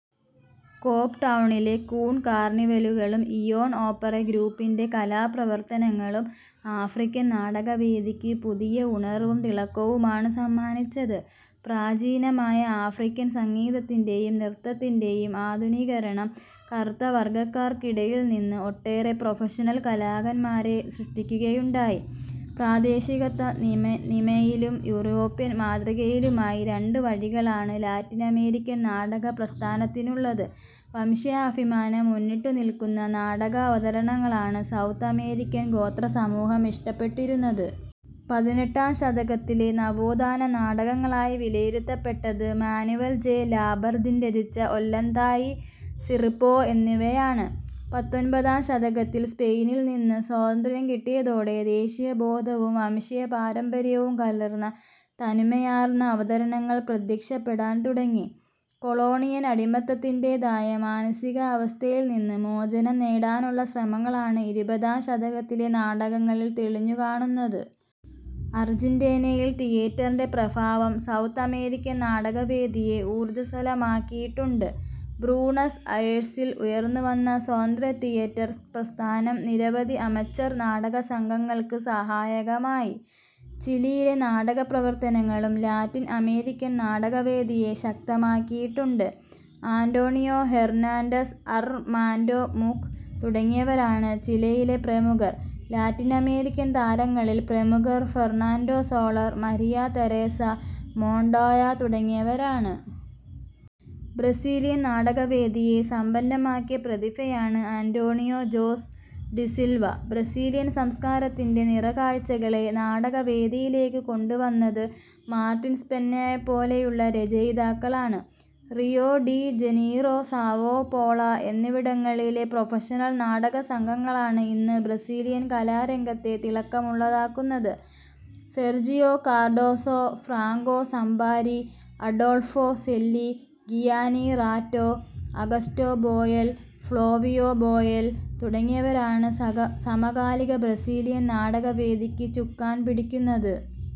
Cape ടൌണിലെ Coon കാർണിവലുകളും Eoan ഓപ്പറെ ഗ്രൂപ്പിന്റെ കലാപ്രവർത്തനങ്ങളും ആഫ്രിക്കൻ നാടകവേദിക്ക് പുതിയ ഉണർവും തിളക്കവുമാണ് സമ്മാനിച്ചത്. പ്രാചീനമായ ആഫ്രിക്കൻ സംഗീതത്തിന്റെയും നൃത്തത്തിന്റെയും ആധുനികരണം കറുത്തവർഗക്കാർക്കിടയിൽനിന്ന് ഒട്ടേറെ പ്രൊഫഷണൽ കലാകാരന്മാരെ സൃഷ്ടിക്കുകയുണ്ടായി. പ്രാദേശികത്തനിമയിലും യൂറോപ്യൻ മാതൃകയിലുമായി രണ്ട് വഴികളാണ് ലാറ്റിനമേരിക്കൻ നാടകപ്രസ്ഥാനത്തിനുള്ളത്. വംശീയാഭിമാനം മുന്നിട്ടു നില്ക്കുന്ന നാടകാവതരണങ്ങളാണ് സൗത്ത് അമേരിക്കൻ ഗോത്രസമൂഹം ഇഷ്ടപ്പെട്ടിരുന്നത്. പതിനെട്ടാം ശതകത്തിലെ നവോത്ഥാന നാടകങ്ങളായി വിലയിരുത്തപ്പെട്ടത് മാനുവൽ ജെ. ലാബർദിൻ രചിച്ച ഒല്ലന്തായ്, സിറിപ്പോ എന്നിവയാണ്. പത്തൊൻപതാം ശതകത്തിൽ സ്പെയിനിൽ നിന്ന് സ്വാതന്ത്യ്രം കിട്ടിയതോടെ, ദേശീയബോധവും വംശീയപാരമ്പര്യവും കലർന്ന തനിമയാർന്ന അവതരണങ്ങൾ പ്രത്യക്ഷപ്പെടാൻ തുടങ്ങി. കൊളോണിയൽ അടിമത്തത്തിന്റേതായ മാനസികാവസ്ഥയിൽ നിന്ന് മോചനം നേടാനുള്ള ശ്രമങ്ങളാണ് ഇരുപതാം ശതകത്തിലെ നാടകങ്ങളിൽ തെളിഞ്ഞു കാണുന്നത്. അർജന്റീനിയൻ തിയേറ്ററിന്റെ പ്രഭാവം, സൗത്ത് അമേരിക്കൻ നാടകവേദിയെ ഊർജസ്വലമാക്കിയിട്ടുണ്ട്. ബ്യൂണസ് അയേഴ്സിൽ ഉയർന്നുവന്ന സ്വതന്ത്ര തിയേറ്റർ പ്രസ്ഥാനം നിരവധി അമച്വർ നാടകസംഘങ്ങൾക്ക് സഹായകമായി. ചിലിയിലെ നാടകപ്രവർത്തനങ്ങളും ലാറ്റിൻ-അമേരിക്കൻ നാടകവേദിയെ ശക്തമാക്കിയിട്ടുണ്ട്. ആന്റോണിയോ ഹെർനാന്റസ്, അർമാന്റോ മൂക്ക് തുടങ്ങിയവരാണ് ചിലിയിലെ പ്രമുഖർ. ലാറ്റിനമേരിക്കൻ താരങ്ങളിൽ പ്രമുഖർ Fernando Soler, Maria Teresa Montoya തുടങ്ങിയവരാണ്. ബ്രസീലിയൻ നാടകവേദിയെ സമ്പന്നമാക്കിയ പ്രതിഭയാണ് അന്റോണിയോ ജോസ് ഡിസിൽവ. ബ്രസീലിയൻ സംസ്കാരത്തിന്റെ നിറക്കാഴ്ചകളെ നാടകവേദിയിലേക്ക് കൊണ്ടുവന്നത് മാർട്ടിൻസ്പെന്നയെപ്പോലെയുള്ള രചയിതാക്കളാണ്. റിയോ-ഡി-ജനീറോ, സാവോപോളോ എന്നിവിടങ്ങളിലെ പ്രൊഫഷണൽ നാടകസംഘങ്ങളാണ് ഇന്ന് ബ്രസീലിയൻ കലാരംഗത്തെ തിളക്കമുള്ളതാക്കുന്നത്. Sergio Cardoso, Franco Zampari, Adolfo Celi, Gianni Ratto, Augusto Boal, Flavio Boal തുടങ്ങിയവരാണ് സമകാലിക ബ്രസീലിയൻ നാടകകവേദിക്ക് ചുക്കാൻ പിടിക്കുന്നത്.